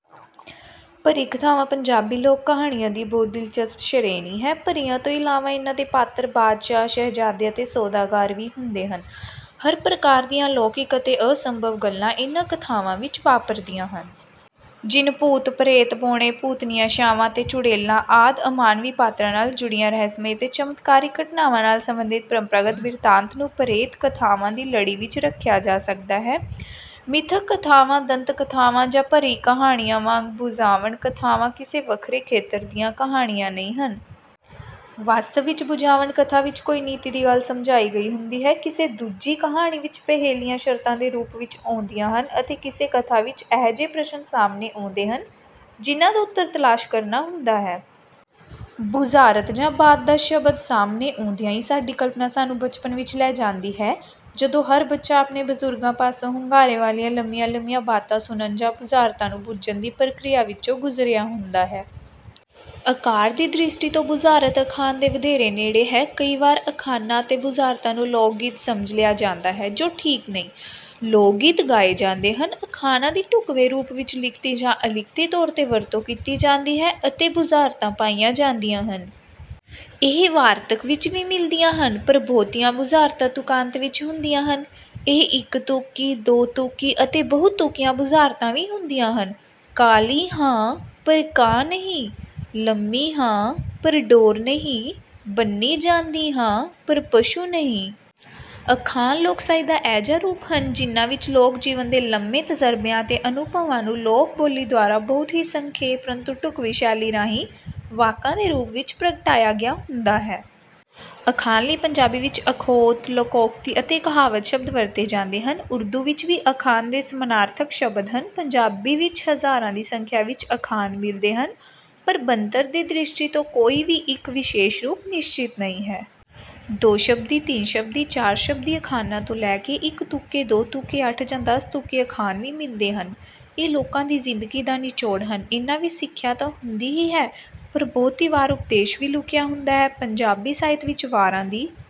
ਪਰੀ ਕਥਾਵਾਂ ਪੰਜਾਬੀ ਲੋਕ ਕਹਾਣੀਆਂ ਦੀ ਬਹੁਤ ਦਿਲਚਸਪ ਸ਼੍ਰੇਣੀ ਹੈ। ਪਰੀਆਂ ਤੋਂ ਇਲਾਵਾ ਇਨ੍ਹਾਂ ਦੇ ਪਾਤਰ ਬਾਦਸ਼ਾਹ, ਸ਼ਹਿਜ਼ਾਦੇ ਅਤੇ ਸੌਦਾਗਰ ਵੀ ਹੁੰਦੇ ਹਨ। ਹਰ ਪ੍ਰਕਾਰ ਦੀਆਂ ਅਲੌਕਿਕ ਅਤੇ ਅਸੰਭਵ ਗੱਲਾਂ ਇਨ੍ਹਾਂ ਕਥਾਵਾਂ ਵਿੱਚ ਵਾਪਰਦੀਆਂ ਹਨ। ਜਿੰਨ, ਭੂਤ, ਪ੍ਰੇਤ, ਬੌਣੇ, ਭੂਤਨੀਆਂ, ਛਾਵਾਂ ਅਤੇ ਚੁੜੇਲਾਂ ਆਦਿ ਅਮਾਨਵੀ ਪਾਤਰਾਂ ਨਾਲ ਜੁੜੀਆਂ ਰਹੱਸਮਈ ਅਤੇ ਚਮਤਕਾਰੀ ਘਟਨਾਵਾਂ ਨਾਲ ਸੰਬੰਧਿਤ ਪਰੰਪਰਾਗਤ ਬਿਰਤਾਂਤ ਨੂੰ ਪ੍ਰੇਤ ਕਥਾਵਾਂ ਦੀ ਲੜੀ ਵਿੱਚ ਰੱਖਿਆ ਜਾ ਸਕਦਾ ਹੈ। ਮਿਥਕ ਕਥਾਵਾਂ, ਦੰਤ ਕਥਾਵਾਂ ਜਾਂ ਪਰੀ ਕਹਾਣੀਆਂ ਵਾਂਗ ਬੁਝਾਵਣ ਕਥਾਵਾਂ ਕਿਸੇ ਵੱਖਰੇ ਖੇਤਰ ਦੀਆਂ ਕਹਾਣੀਆਂ ਨਹੀਂ ਹਨ। ਵਾਸਤਵ ਵਿੱਚ ਬੁਝਾਵਣ ਕਥਾ ਵਿੱਚ ਕੋਈ ਨੀਤੀ ਦੀ ਗੱਲ ਸਮਝਾਈ ਗਈ ਹੁੰਦੀ ਹੈ। ਕਿਸੇ ਦੂਜੀ ਕਹਾਣੀ ਵਿੱਚ ਪਹੇਲੀਆਂ ਸ਼ਰਤਾਂ ਦੇ ਰੂਪ ਵਿੱਚ ਆਉਂਦੀਆਂ ਹਨ ਅਤੇ ਕਿਸੇ ਕਥਾ ਵਿੱਚ ਅਜਿਹੇ ਪ੍ਰਸ਼ਨ ਸਾਹਮਣੇ ਆਉਂਦੇ ਹਨ, ਜਿਨ੍ਹਾਂ ਦਾ ਉੱਤਰ ਤਲਾਸ਼ ਕਰਨਾ ਹੁੰਦਾ ਹੈ। ਬੁਝਾਰਤ ਜਾਂ ਬਾਤ ਦਾ ਸ਼ਬਦ ਸਾਹਮਣੇ ਆਉਂਦਿਆਂ ਹੀ ਸਾਡੀ ਕਲਪਨਾ ਸਾਨੂੰ ਬਚਪਨ ਵਿੱਚ ਲੈ ਜਾਂਦੀ ਹੈ। ਜਦੋਂ ਹਰ ਬੱਚਾ ਆਪਣੇ ਬਜ਼ੁਰਗਾਂ ਪਾਸੋਂ ਹੁੰਗਾਰੇ ਵਾਲੀਆਂ ਲੰਮੀਆਂ-ਲੰਮੀਆਂ ਬਾਤਾਂ ਸੁਣਨ ਜਾਂ ਬੁਝਾਰਤਾਂ ਨੂੰ ਬੁੱਝਣ ਦੀ ਪ੍ਰਕਿਰਿਆ ਵਿੱਚੋਂ ਗੁਜ਼ਰਿਆ ਹੁੰਦਾ ਹੈ। ਆਕਾਰ ਦੀ ਦ੍ਰਿਸ਼ਟੀ ਤੋਂ ਬੁਝਾਰਤ ਅਖਾਣ ਦੇ ਵਧੇਰੇ ਨੇੜੇ ਹੈ। ਕਈ ਵਾਰ ਅਖਾਣਾਂ ਅਤੇ ਬੁਝਾਰਤਾਂ ਨੂੰ ਲੋਕ-ਗੀਤ ਸਮਝ ਲਿਆ ਜਾਂਦਾ ਹੈ, ਜੋ ਠੀਕ ਨਹੀਂ। ਲੋਕ-ਗੀਤ ਗਾਏ ਜਾਂਦੇ ਹਨ। ਅਖਾਣਾਂ ਦੀ ਢੁੱਕਵੇਂ ਰੂਪ ਵਿੱਚ ਲਿਖਤੀ ਜਾਂ ਅਲਿਖਤੀ ਤੌਰ ’ਤੇ ਵਰਤੋਂ ਕੀਤੀ ਜਾਂਦੀ ਹੈ ਅਤੇ ਬੁਝਾਰਤਾਂ ਪਾਈਆਂ ਜਾਂਦੀਆਂ ਹਨ। ਇਹ ਵਾਰਤਕ ਵਿੱਚ ਵੀ ਮਿਲਦੀਆਂ ਹਨ, ਪਰ ਬਹੁਤੀਆਂ ਬੁਝਾਰਤਾਂ ਤੁਕਾਂਤ ਵਿੱਚ ਹੁੰਦੀਆਂ ਹਨ। ਇਹ ਇੱਕ-ਤੁਕੀ, ਦੋ-ਤੁਕੀ ਅਤੇ ਬਹੁ-ਤੁਕੀਆਂ ਬੁਝਾਰਤਾਂ ਵੀ ਹੁੰਦੀਆਂ ਹਨ। ਕਾਲੀ ਹਾਂ ਪਰ ਕਾਂ ਨਹੀਂ, ਲੰਮੀ ਹਾਂ ਪਰ ਡੋਰ ਨਹੀਂ, ਬੰਨ੍ਹੀ ਜਾਂਦੀ ਹਾਂ ਪਰ ਪਸ਼ੂ ਨਹੀਂ। ਅਖਾਣ ਲੋਕ ਸਾਹਿਤ ਦਾ ਅਜਿਹਾ ਰੂਪ ਹਨ, ਜਿਨ੍ਹਾਂ ਵਿੱਚ ਲੋਕ-ਜੀਵਨ ਦੇ ਲੰਮੇ ਤਜਰਬਿਆਂ ਅਤੇ ਅਨੁਭਵਾਂ ਨੂੰ ਲੋਕ-ਬੋਲੀ ਦੁਆਰਾ ਬਹੁਤ ਹੀ ਸੰਖੇਪ, ਪਰੰਤੂ ਢੁੱਕਵੀਂ ਸ਼ੈਲੀ ਰਾਹੀਂ ਵਾਕਾਂ ਦੇ ਰੂਪ ਵਿੱਚ ਪ੍ਰਗਟਾਇਆ ਗਿਆ ਹੁੰਦਾ ਹੈ। ਅਖਾਣ ਲਈ ਪੰਜਾਬੀ ਵਿੱਚ ਅਖੌਤ, ਲੋਕੋਕਤੀ ਅਤੇ ਕਹਾਵਤ ਸ਼ਬਦ ਵਰਤੇ ਜਾਂਦੇ ਹਨ। ਉਰਦੂ ਵਿੱਚ ਵੀ ਅਖਾਣ ਦ ਸਮਾਨਾਰਥਕ ਸ਼ਬਦ ਹਨ। ਪੰਜਾਬੀ ਵਿੱਚ ਹਜ਼ਾਰਾਂ ਦੀ ਸੰਖਿਆ ਵਿੱਚ ਅਖਾਣ ਮਿਲਦੇ ਹਨ, ਪਰ ਬਣਤਰ ਦੀ ਦ੍ਰਿਸ਼ਟੀ ਤੋਂ ਕੋਈ ਵੀ ਇੱਕ ਵਿਸ਼ੇਸ਼ ਰੂਪ ਨਿਸ਼ਚਿਤ ਨਹੀਂ ਹੈ। ਦੋ-ਸ਼ਬਦੀ, ਤਿੰਨ-ਸ਼ਬਦੀ, ਚਾਰ-ਸ਼ਬਦੀ ਅਖਾਣਾਂ ਤੋਂ ਲੈ ਕੇ ਇੱਕ-ਤੁਕੇ, ਦੋ-ਤੁਕੇ, ਅੱਠ ਜਾਂ ਦਸ-ਤੁਕੇ ਅਖਾਣ ਵੀ ਮਿਲਦੇ ਹਨ। ਇਹ ਲੋਕਾਂ ਦੀ ਜ਼ਿੰਦਗੀ ਦਾ ਨਿਚੋੜ ਹਨ। ਇਨ੍ਹਾਂ ਵਿੱਚ ਸਿੱਖਿਆ ਤਾਂ ਹੁੰਦੀ ਹੀ ਹੈ, ਪਰ ਬਹੁਤੀ ਵਾਰ ਉਪਦੇਸ਼ ਵੀ ਲੁਕਿਆ ਹੁੰਦਾ ਹੈ। ਪੰਜਾਬੀ ਸਾਹਿਤ ਵਿੱਚ ਵਾਰਾਂ ਦੀ…